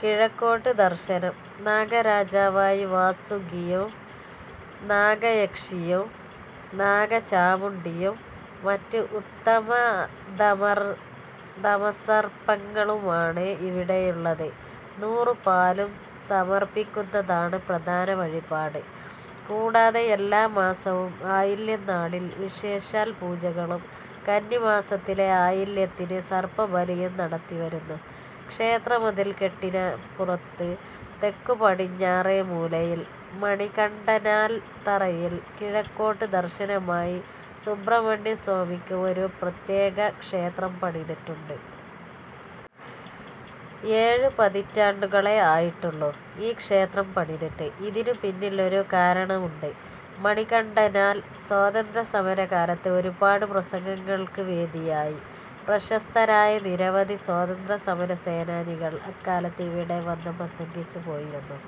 കിഴക്കോട്ട് ദർശനം. നാഗരാജാവായി വാസുകിയും നാഗയക്ഷിയും നാഗചാമുണ്ഡിയും മറ്റ് ഉത്തമാധമസർപ്പങ്ങളുമാണ് ഇവിടെയുള്ളത്. നൂറും പാലും സമർപ്പിയ്ക്കുന്നതാണ് പ്രധാന വഴിപാട്. കൂടാതെ എല്ലാമാസവും ആയില്യം നാളിൽ വിശേഷാൽ പൂജകളും കന്നിമാസത്തിലെ ആയില്യത്തിന് സർപ്പബലിയും നടത്തിവരുന്നു. ക്ഷേത്രമതിൽക്കെട്ടിനുപുറത്ത് തെക്കുപടിഞ്ഞാറേമൂലയിൽ മണികണ്ഠനാൽത്തറയിൽ കിഴക്കോട്ട് ദർശനമായി സുബ്രഹ്മണ്യസ്വാമിയ്ക്ക് ഒരു പ്രത്യേകക്ഷേത്രം പണിതിട്ടുണ്ട്. ഏഴുപതിറ്റാണ്ടുകളേ ആയിട്ടുള്ളൂ ഈ ക്ഷേത്രം പണിതിട്ട്. ഇതിനുപിന്നിൽ ഒരു കാരണമുണ്ട്: മണികണ്ഠനാൽ സ്വാതന്ത്ര്യസമരകാലത്ത് ഒരുപാട് പ്രസംഗങ്ങൾക്ക് വേദിയായി. പ്രശസ്തരായ നിരവധി സ്വാതന്ത്ര്യസമരസേനാനികൾ അക്കാലത്ത് ഇവിടെ വന്ന് പ്രസംഗിച്ചുപോയിരുന്നു.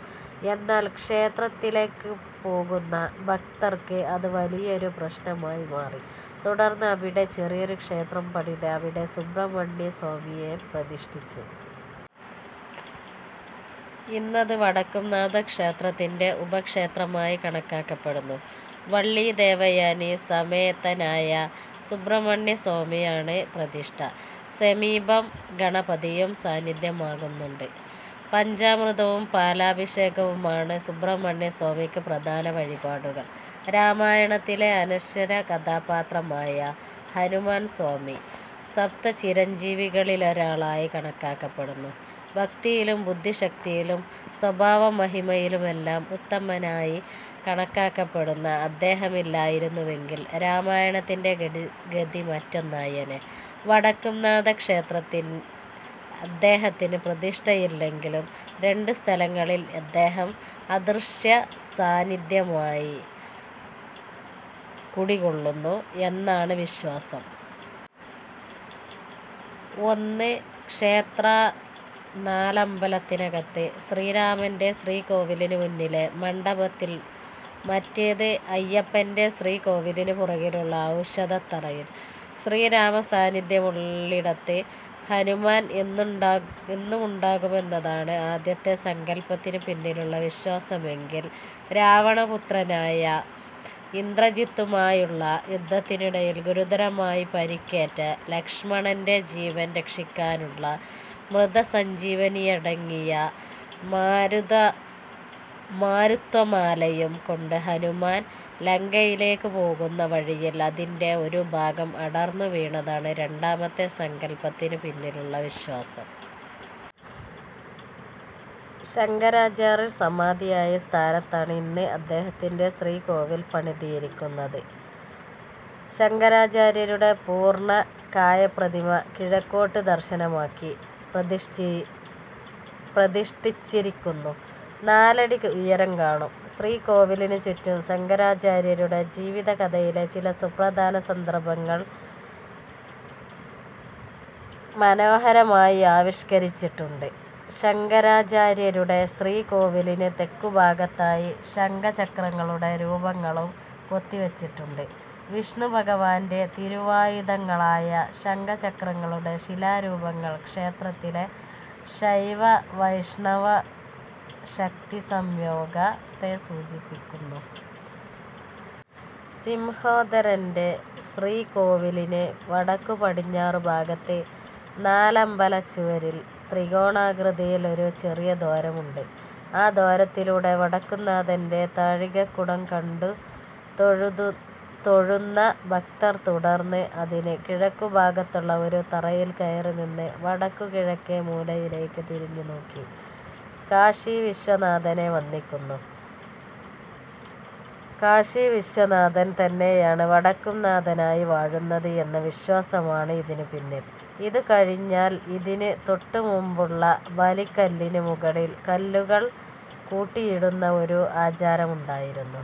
എന്നാൽ ക്ഷേത്രത്തിലേയ്ക്കുപോകുന്ന ഭക്തർക്ക് അത് വലിയൊരു പ്രശ്നമായി മാറി. തുടർന്ന് അവിടെ ചെറിയൊരു ക്ഷേത്രം പണിത് അവിടെ സുബ്രഹ്മണ്യസ്വാമിയെ പ്രതിഷ്ഠിച്ചു. ഇന്നത് വടക്കുംനാഥക്ഷേത്രത്തിന്റെ ഉപക്ഷേത്രമായി കണക്കാക്കപ്പെടുന്നു. വള്ളീദേവയാനീസമേതനായ സുബ്രഹ്മണ്യസ്വാമിയാണ് പ്രതിഷ്ഠ. സമീപം ഗണപതിയും സാന്നിദ്ധ്യമാകുന്നുണ്ട്. പഞ്ചാമൃതവും പാലഭിഷേകവുമാണ് സുബ്രഹ്മണ്യസ്വാമിയ്ക്ക് പ്രധാന വഴിപാടുകൾ. രാമായണത്തിലെ അനശ്വരകഥാപാത്രമായ ഹനുമാൻ സ്വാമി സപ്തചിരഞ്ജീവികളിലൊരാളായി കണക്കാക്കപ്പെടുന്നു. ഭക്തിയിലും ബുദ്ധിശക്തിയിലും സ്വഭാവമഹിമയിലുമെല്ലാം ഉത്തമനായി കണക്കാക്കപ്പെടുന്ന അദ്ദേഹമില്ലായിരുന്നുവെങ്കിൽ രാമായണത്തിന്റെ ഗതി മറ്റൊന്നായേനെ. വടക്കുംനാഥക്ഷേത്രത്തിൽ അദ്ദേഹത്തിന് പ്രതിഷ്ഠയില്ലെങ്കിലും രണ്ട് സ്ഥലങ്ങളിൽ അദ്ദേഹം അദൃശ്യസാന്നിദ്ധ്യമായി കുടികൊള്ളുന്നു എന്നാണ് വിശ്വാസം. ഒന്ന്, ക്ഷേത്രനാലമ്പലത്തിനകത്ത് ശ്രീരാമന്റെ ശ്രീകോവിലിന് മുന്നിലെ മണ്ഡപത്തിൽ; മറ്റേത്, അയ്യപ്പന്റെ ശ്രീകോവിലിനുപുറകിലുള്ള ഔഷധത്തറയിൽ. ശ്രീരാമസാന്നിദ്ധ്യമുള്ളിടത്ത് ഹനുമാൻ എന്നുമുണ്ടാകുമെന്നതാണ് ആദ്യത്തെ സങ്കല്പത്തിനുപിന്നിലുള്ള വിശ്വാസമെങ്കിൽ, രാവണപുത്രനായ ഇന്ദ്രജിത്തുമായുള്ള യുദ്ധത്തിനിടയിൽ ഗുരുതരമായി പരുക്കേറ്റ ലക്ഷ്മണന്റെ ജീവൻ രക്ഷിയ്ക്കാനുള്ള മൃതസഞ്ജീവനിയടങ്ങിയ മരുത്വാമലയും കൊണ്ട് ഹനുമാൻ ലങ്കയിലേയ്ക്കുപോകുന്ന വഴിയിൽ അതിന്റെ ഒരുഭാഗം അടർന്നുവീണതാണ് രണ്ടാമത്തെ സങ്കല്പത്തിനുപിന്നിലുള്ള വിശ്വാസം. ശങ്കരാചാര്യർ സമാധിയായ സ്ഥാനത്താണ് ഇന്ന് അദ്ദേഹത്തിന്റെ ശ്രീകോവിൽ പണിതിരിയ്ക്കുന്നത്. ശങ്കരാചാര്യരുടെ പൂർണകായപ്രതിമ കിഴക്കോട്ട് ദർശനമാക്കി പ്രതിഷ്ഠിച്ചിരിയ്ക്കുന്നു. നാലടി ഉയരം കാണും. ശ്രീകോവിലിനുചുറ്റും ശങ്കരാചാര്യരുടെ ജീവിതകഥയിലെ ചില സുപ്രധാന സന്ദർഭങ്ങൾ മനോഹരമായി ആവിഷ്കരിച്ചിട്ടുണ്ട്. ശങ്കരാചാര്യരുടെ ശ്രീകോവിലിന് തെക്കുഭാഗത്തായി ശംഖചക്രങ്ങളുടെ രൂപങ്ങളും കൊത്തിവച്ചിട്ടുണ്ട്. വിഷ്ണുഭഗവാന്റെ തിരുവായുധങ്ങളായ ശംഖചക്രങ്ങളുടെ ശിലാരൂപങ്ങൾ ക്ഷേത്രത്തിലെ ശൈവവൈഷ്ണവശക്തിസംയോഗത്തെ സൂചിപ്പിയ്ക്കുന്നു. സിംഹോദരന്റെ ശ്രീകോവിലിന് വടക്കുപടിഞ്ഞാറുഭാഗത്ത് നാലമ്പലച്ചുവരിൽ ത്രികോണാകൃതിയിൽ ഒരു ചെറിയ ദ്വാരമുണ്ട്. ആ ദ്വാരത്തിലൂടെ വടക്കുംനാഥന്റെ താഴികക്കുടം കണ്ടുതൊഴുന്ന ഭക്തർ തുടർന്ന് അതിന് കിഴക്കുഭാഗത്തുള്ള ഒരു തറയിൽ കയറിനിന്ന് വടക്കുകിഴക്കേമൂലയിലേയ്ക്ക് തിരിഞ്ഞുനോക്കി കാശീവിശ്വനാഥനെ വന്ദിയ്ക്കുന്നു. കാശീവിശ്വനാഥൻ തന്നെയാണ് വടക്കുംനാഥനായി വാഴുന്നത് എന്ന വിശ്വാസമാണ് ഇതിനുപിന്നിൽ. ഇതുകഴിഞ്ഞാൽ ഇതിന് തൊട്ടുമുമ്പിലുള്ള ബലിക്കല്ലിന് മുകളിൽ കല്ലുകൾ കൂട്ടിയിടുന്ന ഒരു ആചാരമുണ്ടായിരുന്നു.